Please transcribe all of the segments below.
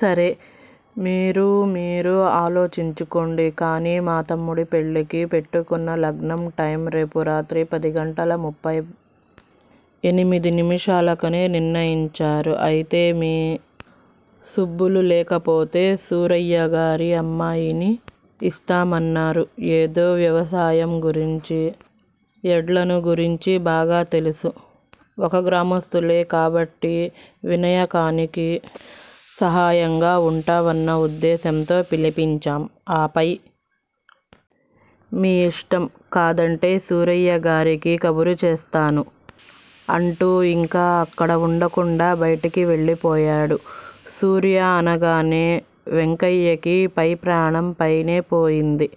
సరే! మీరు మీరు ఆలోచించుకోండి! కాని మా తమ్ముడి పెళ్ళికి పెట్టుకున్న లగ్నం టైం రేపురాత్రి పదిగంటల ముప్పైఎనిమిది నిముషాలకని నిర్ణయించారు. అయితే మీ సుబ్బులు! లేకపోతే సూరయ్యగారమ్మాయిని యిస్తామన్నారు. ఏదో వ్యవసాయం గురించి ఎడ్లను గురించి బాగా తెలుసు! ఒక గ్రామస్థులే కాబట్టి వినయకానికి సహాయంగా వుంటావన్న ఉద్దేశ్యంతో పిలిపించాం. ఆపై మీ యిష్టం కాదంటే సూరయ్యగారికి కబురు చేస్తాను! అంటూ యింక అక్కడ వుండకుండా బైటికి వెళ్ళిపోయాడు. సూర్య అనగానే వెంకయ్యకి పై ప్రాణం పైనే పోయింది.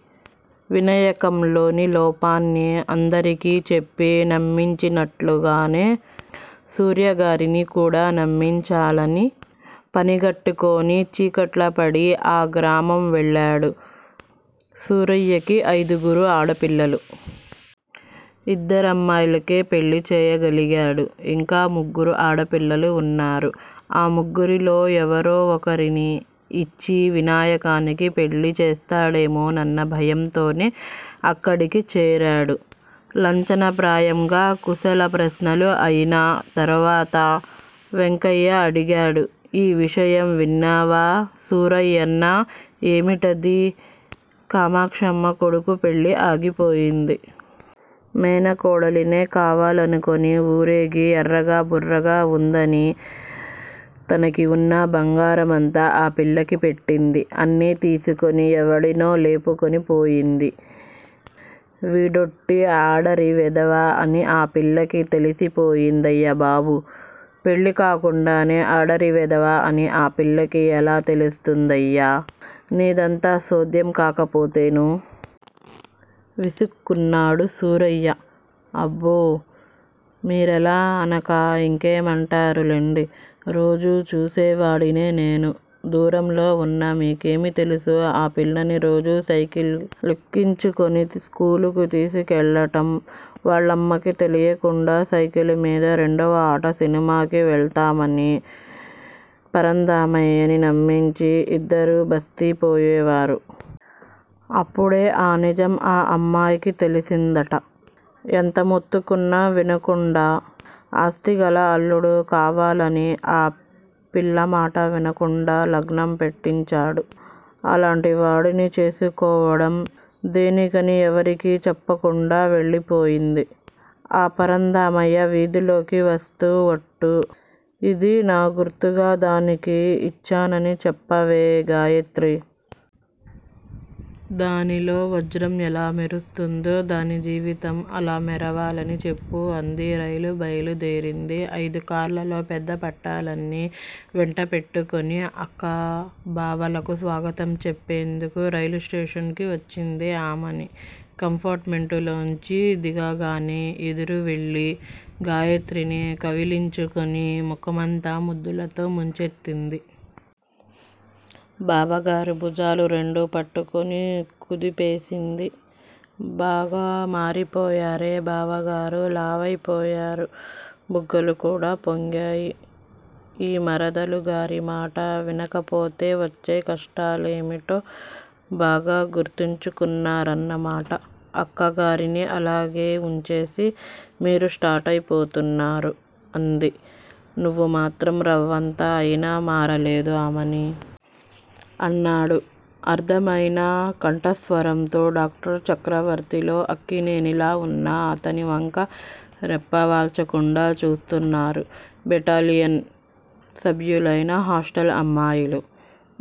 వినాయకంలోని లోపాన్ని అందరికీ చెప్పి నమ్మించినట్లుగానే సూర్యగారిని కూడా నమ్మించాలని పనిగట్టుకుని చీకట్లోపది ఆ గ్రామం వెళ్ళాడు. సూరయ్యకి అయిదుగురు ఆడపిల్లలు! యిద్దరమ్మాయిలకే పెళ్ళి చేయగలిగాడు. యింకా ముగ్గురు ఆడ పిల్లలు వున్నారు, ఆ ముగ్గురిలో ఎవరో ఒకరిని యిచ్చి వినాయకానికి పెళ్ళి చేస్తాడేమోనన్న భయంతోనే అక్కడికి చేరాడు. లంఛనప్రాయంగా కుశల ప్రశ్నలు అయినా తరువతః వెంకయ్య అడిగాడు. ఈ విషయం విన్నావా సూరయ్యన్నా? ఏమిటది? కామాక్షమ్మ కొడుకు పెళ్ళి ఆగిపోయింది. మేనకోడలినే కావాలనుకుని ఊరేగి ఎర్రగా బుర్రగా వుందని తనకి వున్న బంగారమంతా ఆ పిల్లకి పెట్టింది. అన్నీ తీసుకుని ఎవడినో లేపుకుని పోయింది. వీడోట్టి ఆడారి వెధవ అని ఆ పిల్లకి తెలిసిపోయిందయ్యా బాబూ! పెళ్ళి కాకుండానే ఆడారి వెధవ ఆ పిల్లకి ఎలా తెలుస్తుందయ్యా? నీదంతా సోధ్యం కాకపోతేనూ? విసుక్కున్నాడు సూరయ్య! అబ్బో! మీరలా అనక ఇంకేమంటారు లెండి! రోజూ చూసేవాడిని నేను! దూరంలో వున్న మీకేమి తెలుసు? ఆ పిల్లని రోజూ సైకిలెక్కించుకుని స్కూలుకి తీసుకెళ్ళటం, వాళ్ళమ్మకి తెలియకుండా సైకిల్ మీద రెండవ ఆట సినిమాకి వెళ్తామని పరంధామయ్యని నమ్మించి యిద్దరూ బ'స్తీ' పోయేవారు. అప్పుడే ఆ నిజం ఆ అమ్మాయికి తెలిసిందట. ఎంత మొత్తుకున్నా వినకుండా ఆస్తిగల అల్లుడు కావాలని ఆ పిల్లమాట వినకుండా లగ్నం పెట్టించాడు. అలాంటి వాడిని చేసుకోవటం దేనికని ఎవరికీ చెప్పకుండా వెళ్ళిపోయింది. ఆ పరంధామయ్య వీధిలోకి వస్తే వట్టు. ఇది నా గుర్తుగా దానికి ఇచ్చానని చెప్పవే గాయత్రీ! దానిలో వజ్రం ఎలా మెరుస్తుందో దాని జీవితం అలా మెరవాలని చెప్పు అంది. రైలు బయలుదేరింది! అయిదు కార్లలో పెద్ద పటాలాన్ని వెంటపెట్టుకుని అక్క బావలకు స్వాగతం చెప్పేందుకు రైలు స్టేషన్ కి వచ్చింది ఆమని! కంపార్టుమెంటులోంచి దిగగానే ఎదురువెళ్ళి గాయత్రిని కవిలించుకుని ముఖమంతా ముద్దులతో ముంచెత్తింది. బావగారి భుజాలు రెండు పట్టుకుని కుదిపేసింది. బాగా మారిపోయారే బావగారూ! లావైపోయారు. బుగ్గలు కూడా పొంగాయి. ఈ మరదలుగారి మాట వినకపోతే వచ్చే కష్టాలేమిటో బాగా గుర్తించ్చుకున్నరన్నమాట! అక్కగారిని అలాగే వుంచేసి మీరు స్టౌట్ అయిపోతున్నారు అంది. నువ్వు మాత్రం రవంత అయినా మారలేదు ఆమనీ! అన్నాడు ఆర్ధ్రమయిన కంఠస్వరంతో. డాక్టర్ చక్రవర్తిలో అక్కినేనిలా వున్న అతని వంక రెప్పవాల్చకుండా చూస్తున్నారు బెటాలియన్ సభ్యులైన హాస్టల్ అమ్మాయిలు.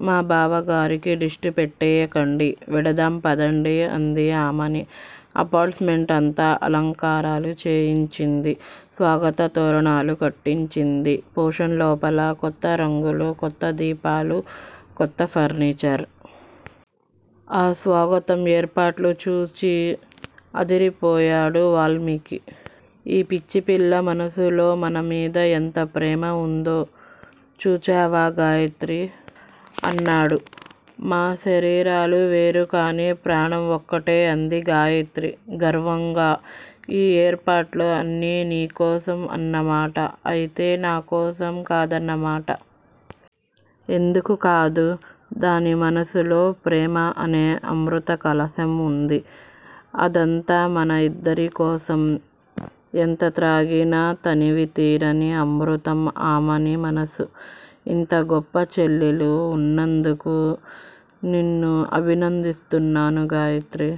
మా బావగారికి దిష్టి పెట్టేయకండి. వెడదాం పదండి! అంది ఆమని. అపార్టుమెంట్స్ అంతా అలంకారాలు చేయించింది. స్వాగత తోరణాలు కట్టించింది. పోర్షన్ లోపల క్రొత్త రంగులు, కొత్త దీపాలు, కొత్త ఫర్నీచర్! ఆ స్వాగతం ఏర్పాట్లు చూచి అదిరిపోయాడు వాల్మీకి. ఈ పిచ్చిపిల్ల మనసులో మనమీద ఎంత ప్రేమ ఉందో చూచావా గాయత్రీ! అన్నాడు. మా శరీరాలు వేరు కాని ప్రాణం ఒక్కటే అంది గాయత్రి గర్వంగా! ఈ ఏర్పాట్లు అన్నీ నీకోసం అన్నమాట? అయితే నాకోసం కాదన్నమాట? ఎందుకు కాదు? దాని మనసులో ప్రేమ అనే అమృతకలశం ఉంది. అదంతా మన ఇద్దరికోసం! ఎంత త్రాగినా తనివి తీరని అమృతం ఆమని మనసు! ఇంత గొప్ప చెల్లెలు ఉన్నందుకు నిన్ను అభినందిస్తున్నాను గాయత్రీ!